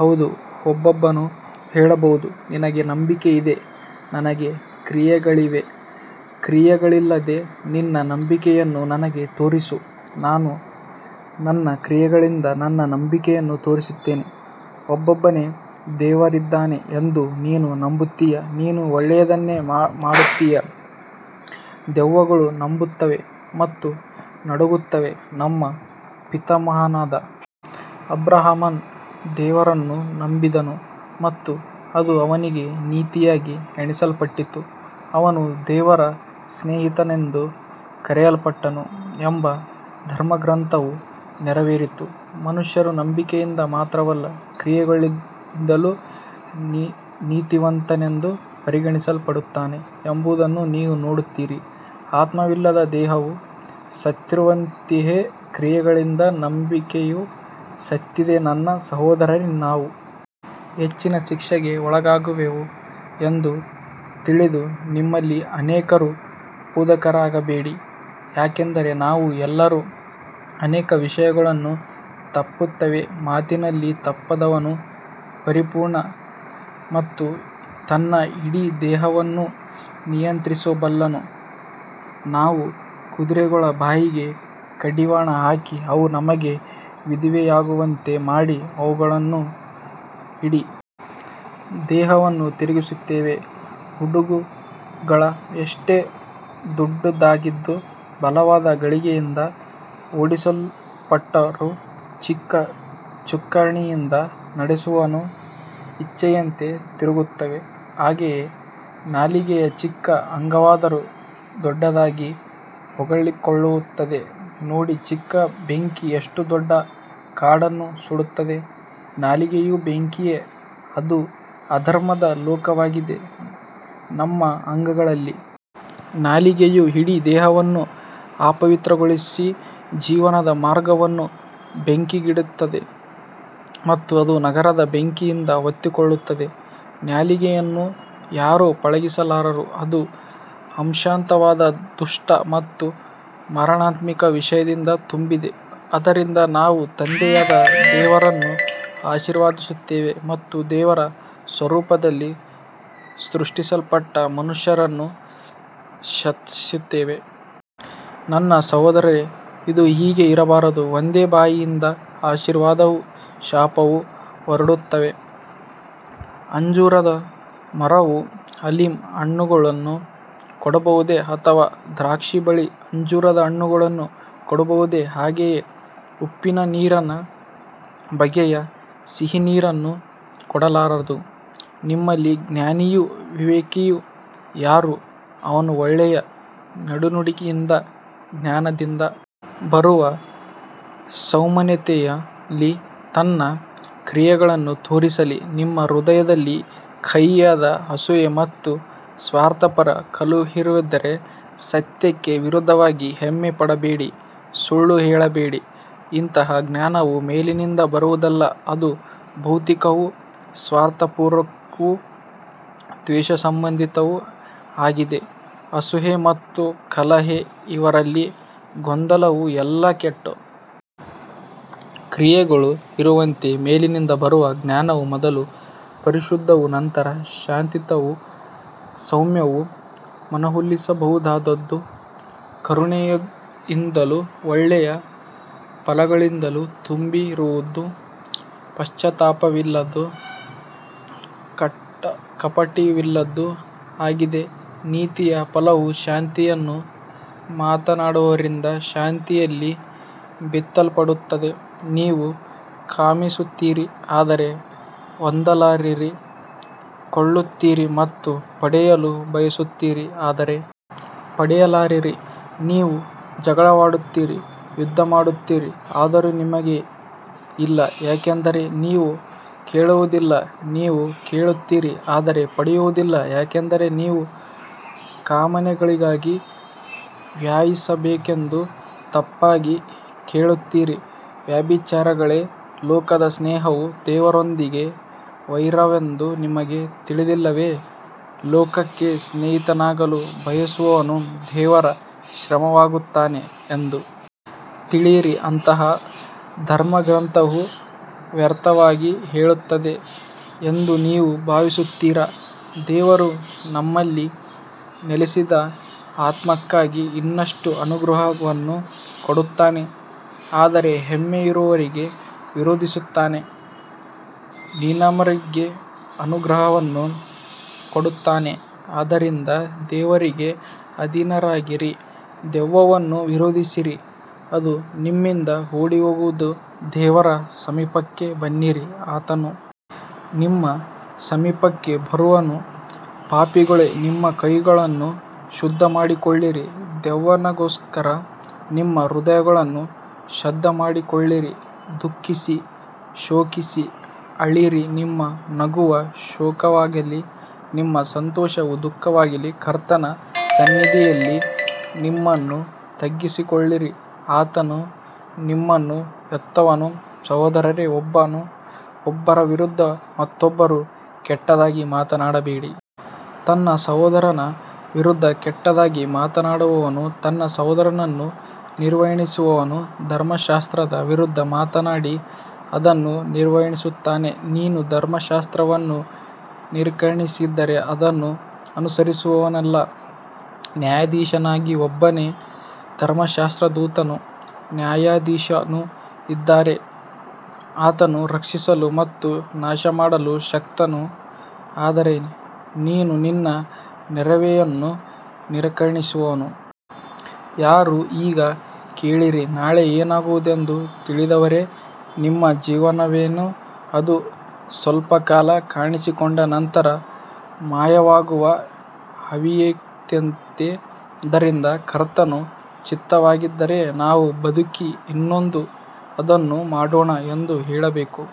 ಹೌದು ಒಬ್ಬನು ಹೇಳಬಹುದು ನಿನಗೆ ನಂಬಿಕೆ ಇದೆ ನನಗೆ ಕ್ರಿಯೆಗಳಿವೆ ಕ್ರಿಯೆಗಳಿಲ್ಲದೆ ನಿನ್ನ ನಂಬಿಕೆಯನ್ನು ನನಗೆ ತೋರಿಸು ನಾನು ನನ್ನ ಕ್ರಿಯೆಗಳಿಂದ ನನ್ನ ನಂಬಿಕೆಯನ್ನು ತೋರಿಸುತ್ತೇನೆ ಒಬ್ಬನೇ ದೇವರಿದ್ದಾನೆ ಎಂದು ನೀನು ನಂಬುತ್ತೀಯಾ ನೀನು ಒಳ್ಳೆಯದನ್ನೇ ಮಾಡುತ್ತೀಯೆ ದೆವ್ವಗಳೂ ನಂಬುತ್ತವೆ ಮತ್ತು ನಡುಗುತ್ತವೆ ನಮ್ಮ ಪಿತಾಮಹನಾದ ಅಬ್ರಹಾಮನು ದೇವರನ್ನು ನಂಬಿದನು ಮತ್ತು ಅದು ಅವನಿಗೆ ನೀತಿಯಾಗಿ ಎಣಿಸಲ್ಪಟ್ಟಿತು ಅವನು ದೇವರ ಸ್ನೇಹಿತನೆಂದು ಕರೆಯಲ್ಪಟ್ಟನು ಎಂಬ ಧರ್ಮಗ್ರಂಥವು ನೆರವೇರಿತು ಮನುಷ್ಯನು ನಂಬಿಕೆಯಿಂದ ಮಾತ್ರವಲ್ಲ ಕ್ರಿಯೆಗಳಿಂದಲೂ ನೀತಿವಂತನೆಂದು ಪರಿಗಣಿಸಲ್ಪಡುತ್ತಾನೆ ಎಂಬುದನ್ನು ನೀವು ನೋಡುತ್ತೀರಿ ಆತ್ಮವಿಲ್ಲದ ದೇಹವು ಸತ್ತಿರುವಂತೆಯೇ ಕ್ರಿಯೆಗಳಿಲ್ಲದ ನಂಬಿಕೆಯೂ ಸತ್ತಿದೆ ನನ್ನ ಸಹೋದರರೇ ನಾವು ಹೆಚ್ಚಿನ ಶಿಕ್ಷೆಗೆ ಒಳಗಾಗುವೆವು ಎಂದು ತಿಳಿದು ನಿಮ್ಮಲ್ಲಿ ಅನೇಕರು ಬೋಧಕರಾಗಬೇಡಿ ಯಾಕಂದರೆ ನಾವು ಎಲ್ಲರೂ ಅನೇಕ ವಿಷಯಗಳಲ್ಲಿ ತಪ್ಪುತ್ತೇವೆ ಮಾತಿನಲ್ಲಿ ತಪ್ಪದವನು ಪರಿಪೂರ್ಣನು ಮತ್ತು ತನ್ನ ಇಡೀ ದೇಹವನ್ನು ನಿಯಂತ್ರಿಸಬಲ್ಲನು ನಾವು ಕುದುರೆಗಳ ಬಾಯಿಗೆ ಕಡಿವಾಣ ಹಾಕಿ ಅವು ನಮಗೆ ವಿಧೇಯವಾಗುವಂತೆ ಮಾಡಿ ಅವುಗಳ ಇಡೀ ದೇಹವನ್ನು ತಿರುಗಿಸುತ್ತೇವೆ ಹಡಗುಗಳು ಎಷ್ಟೇ ದೊಡ್ಡದಾಗಿದ್ದು ಬಲವಾದ ಗಾಳಿಯಿಂದ ಓಡಿಸಲ್ಪಟ್ಟರೂ ಚಿಕ್ಕ ಚುಕ್ಕಾಣಿಯಿಂದ ನಡೆಸುವವನ ಇಚ್ಛೆಯಂತೆ ತಿರುಗುತ್ತವೆ ಹಾಗೆಯೇ ನಾಲಿಗೆಯೂ ಚಿಕ್ಕ ಅಂಗವಾದರೂ ದೊಡ್ಡದಾಗಿ ಹೊಗಳಿಕೊಳ್ಳುತ್ತದೆ ನೋಡಿ ಚಿಕ್ಕ ಬೆಂಕಿ ಎಷ್ಟು ದೊಡ್ಡ ಕಾಡನ್ನು ಸುಡುತ್ತದೆ ನಾಲಿಗೆಯೂ ಬೆಂಕಿಯೇ ಅದು ಅಧರ್ಮದ ಲೋಕವಾಗಿದೆ ನಮ್ಮ ಅಂಗಗಳಲ್ಲಿ ನಾಲಿಗೆಯು ಇಡೀ ದೇಹವನ್ನು ಅಪವಿತ್ರಗೊಳಿಸಿ ಜೀವನದ ಮಾರ್ಗವನ್ನು ಬೆಂಕಿಗಿಡುತ್ತದೆ ಮತ್ತು ಅದು ನರಕದ ಬೆಂಕಿಯಿಂದ ಹೊತ್ತಿಕೊಳ್ಳುತ್ತದೆ ನಾಲಿಗೆಯನ್ನು ಯಾರೂ ಪಳಗಿಸಲಾರರು ಅದು ಅಶಾಂತವಾದ ದುಷ್ಟ ಮತ್ತು ಮಾರಣಾಂತಿಕ ವಿಷದಿಂದ ತುಂಬಿದೆ ಅದರಿಂದ ನಾವು ತಂದೆಯಾದ ದೇವರನ್ನು ಆಶೀರ್ವದಿಸುತ್ತೇವೆ ಮತ್ತು ದೇವರ ಸ್ವರೂಪದಲ್ಲಿ ಸೃಷ್ಟಿಸಲ್ಪಟ್ಟ ಮನುಷ್ಯರನ್ನು ಶಪಿಸುತ್ತೇವೆ ನನ್ನ ಸಹೋದರರೇ ಇದು ಹೀಗೆ ಇರಬಾರದು ಒಂದೇ ಬಾಯಿಯಿಂದ ಆಶೀರ್ವಾದವೂ ಶಾಪವೂ ಹೊರಡುತ್ತವೆ ಅಂಜೂರದ ಮರವು ಆಲಿವ್ ಹಣ್ಣುಗಳನ್ನು ಕೊಡಬಹುದೇ ಅಥವಾ ದ್ರಾಕ್ಷಿಬಳ್ಳಿ ಅಂಜೂರದ ಹಣ್ಣುಗಳನ್ನು ಕೊಡಬಹುದೇ ಹಾಗೆಯೇ ಉಪ್ಪುನೀರಿನ ಬುಗ್ಗೆಯು ಸಿಹಿನೀರನ್ನು ಕೊಡಲಾರದು ನಿಮ್ಮಲ್ಲಿ ಜ್ಞಾನಿಯೂ ವಿವೇಕಿಯೂ ಯಾರು ಅವನು ಒಳ್ಳೆಯ ನಡೆನುಡಿಯಿಂದ ಜ್ಞಾನದಿಂದ ಬರುವ ಸೌಮ್ಯತೆಯಲ್ಲಿ ತನ್ನ ಕ್ರಿಯೆಗಳನ್ನು ತೋರಿಸಲಿ ನಿಮ್ಮ ಹೃದಯದಲ್ಲಿ ಕಹಿಯಾದ ಅಸೂಯೆ ಮತ್ತು ಸ್ವಾರ್ಥಪರ ಕಲಹವಿದ್ದರೆ ಸತ್ಯಕ್ಕೆ ವಿರುದ್ಧವಾಗಿ ಹೆಮ್ಮೆಪಡಬೇಡಿ ಸುಳ್ಳು ಹೇಳಬೇಡಿ ಇಂತಹ ಜ್ಞಾನವು ಮೇಲಿನಿಂದ ಬರುವುದಲ್ಲ ಅದು ಭೌತಿಕವೂ ಸ್ವಾರ್ಥಪರವೂ ದೆವ್ವಸಂಬಂಧಿತವೂ ಆಗಿದೆ ಅಸೂಯೆ ಮತ್ತು ಕಲಹ ಇರುವಲ್ಲಿ ಗೊಂದಲವೂ ಎಲ್ಲಾ ಕೆಟ್ಟ ಕ್ರಿಯೆಗಳೂ ಇರುತ್ತವೆ ಮೇಲಿನಿಂದ ಬರುವ ಜ್ಞಾನವು ಮೊದಲು ಪರಿಶುದ್ಧವೂ ನಂತರ ಶಾಂತಿಯುತವೂ ಸೌಮ್ಯವೂ ಮನವೊಲಿಸಬಹುದಾದದ್ದೂ ಕರುಣೆಯಿಂದಲೂ ಒಳ್ಳೆಯ ಫಲಗಳಿಂದಲೂ ತುಂಬಿರುವುದೂ ಪಕ್ಷಪಾತವಿಲ್ಲದ್ದೂ ಕಪಟವಿಲ್ಲದ್ದೂ ಆಗಿದೆ ನೀತಿಯ ಫಲವು ಶಾಂತಿಯನ್ನು ಮಾಡುವವರಿಂದ ಶಾಂತಿಯಲ್ಲಿ ಬಿತ್ತಲ್ಪಡುತ್ತದೆ ನೀವು ಕಾಮಿಸುತ್ತೀರಿ ಆದರೆ ಹೊಂದಲಾರಿರಿ ಕೊಲ್ಲುತ್ತೀರಿ ಮತ್ತು ಪಡೆಯಲು ಬಯಸುತ್ತೀರಿ ಆದರೆ ಪಡೆಯಲಾರಿರಿ ನೀವು ಜಗಳವಾಡುತ್ತೀರಿ ಯುದ್ಧಮಾಡುತ್ತೀರಿ ಆದರೂ ನಿಮಗೆ ಇಲ್ಲ ಯಾಕಂದರೆ ನೀವು ಕೇಳುವುದಿಲ್ಲ ನೀವು ಕೇಳುತ್ತೀರಿ ಆದರೆ ಪಡೆಯುವುದಿಲ್ಲ ಯಾಕಂದರೆ ನಿಮ್ಮ ಕಾಮನೆಗಳಿಗಾಗಿ ವ್ಯಯಿಸಬೇಕೆಂದು ತಪ್ಪಾಗಿ ಕೇಳುತ್ತೀರಿ ವ್ಯಭಿಚಾರಿಗಳೇ ಲೋಕದ ಸ್ನೇಹವು ದೇವರೊಂದಿಗೆ ವೈರವೆಂದು ನಿಮಗೆ ತಿಳಿದಿಲ್ಲವೇ ಲೋಕಕ್ಕೆ ಸ್ನೇಹಿತನಾಗಲು ಬಯಸುವವನು ದೇವರ ಶತ್ರುವಾಗುತ್ತಾನೆ ಎಂದು ತಿಳಿಯಿರಿ ಅಥವಾ ಧರ್ಮಗ್ರಂಥವು ವ್ಯರ್ಥವಾಗಿ ಹೇಳುತ್ತದೆ ಎಂದು ನೀವು ಭಾವಿಸುತ್ತೀರಾ ದೇವರು ನಮ್ಮಲ್ಲಿ ನೆಲೆಸಿಸಿದ ಆತ್ಮಕ್ಕಾಗಿ ಇನ್ನಷ್ಟು ಅನುಗ್ರಹವನ್ನು ಕೊಡುತ್ತಾನೆ ಆದರೆ ಹೆಮ್ಮೆಯವರಿಗೆ ವಿರೋಧಿಸುತ್ತಾನೆ ವಿನಮ್ರರಿಗೆ ಅನುಗ್ರಹವನ್ನು ಕೊಡುತ್ತಾನೆ ಆದ್ದರಿಂದ ದೇವರಿಗೆ ಅಧೀನರಾಗಿರಿ ದೆವ್ವವನ್ನು ವಿರೋಧಿಸಿರಿ ಅದು ನಿಮ್ಮಿಂದ ಓಡಿಹೋಗುವುದು ದೇವರ ಸಮೀಪಕ್ಕೆ ಬನ್ನಿರಿ ಆತನು ನಿಮ್ಮ ಸಮೀಪಕ್ಕೆ ಬರುವನು ಪಾಪಿಗಳೇ ನಿಮ್ಮ ಕೈಗಳನ್ನು ಶುದ್ಧಮಾಡಿಕೊಳ್ಳಿರಿ ದ್ವಿಮನಸ್ಕರೇ ನಿಮ್ಮ ಹೃದಯಗಳನ್ನು ಶುದ್ಧಮಾಡಿಕೊಳ್ಳಿರಿ ದುಃಖಿಸಿ ಶೋಕಿಸಿ ಅಳಿರಿ ನಿಮ್ಮ ನಗುವು ಶೋಕವಾಗಲಿ ನಿಮ್ಮ ಸಂತೋಷವು ದುಃಖವಾಗಲಿ ಕರ್ತನ ಸನ್ನಿಧಿಯಲ್ಲಿ ನಿಮ್ಮನ್ನು ತಗ್ಗಿಸಿಕೊಳ್ಳಿರಿ ಆತನು ನಿಮ್ಮನ್ನು ಎತ್ತುವನು ಸಹೋದರರೇ ಒಬ್ಬರ ವಿರುದ್ಧ ಮತ್ತೊಬ್ಬರು ಕೆಟ್ಟದಾಗಿ ಮಾತನಾಡಬೇಡಿ ತನ್ನ ಸಹೋದರನ ವಿರುದ್ಧ ಕೆಟ್ಟದಾಗಿ ಮಾತನಾಡುವವನೂ ತನ್ನ ಸಹೋದರನನ್ನು ನಿರ್ಣಯಿಸುವವನೂ ಧರ್ಮಶಾಸ್ತ್ರದ ವಿರುದ್ಧ ಮಾತನಾಡಿ ಅದನ್ನು ನಿರ್ಣಯಿಸುತ್ತಾನೆ ನೀನು ಧರ್ಮಶಾಸ್ತ್ರವನ್ನು ನಿರ್ಣಯಿಸಿದರೆ ಅದನ್ನು ಅನುಸರಿಸುವವನಲ್ಲ ನ್ಯಾಯಾಧೀಶನಾಗಿದ್ದೀ ಒಬ್ಬನೇ ಧರ್ಮಶಾಸ್ತ್ರದಾತನೂ ನ್ಯಾಯಾಧೀಶನೂ ಇದ್ದಾನೆ ಆತನು ರಕ್ಷಿಸಲು ಮತ್ತು ನಾಶಮಾಡಲು ಶಕ್ತನು ಆದರೆ ನೀನು ನಿನ್ನ ನೆರೆಯವನನ್ನು ನಿರ್ಣಯಿಸುವವನು ಯಾರು ಈಗ ಕೇಳಿರಿ ನಾಳೆ ಏನಾಗುವುದೆಂದು ತಿಳಿಯದವರೇ ನಿಮ್ಮ ಜೀವನವೇನು ಅದು ಸ್ವಲ್ಪಕಾಲ ಕಾಣಿಸಿಕೊಂಡು ನಂತರ ಮಾಯವಾಗುವ ಆವಿಯಂತಿದೆ ಆದ್ದರಿಂದ ಕರ್ತನ ಚಿತ್ತವಾಗಿದ್ದರೆ ನಾವು ಬದುಕಿ ಇದನ್ನೋ ಅದನ್ನೋ ಮಾಡೋಣ ಎಂದು ಹೇಳಬೇಕು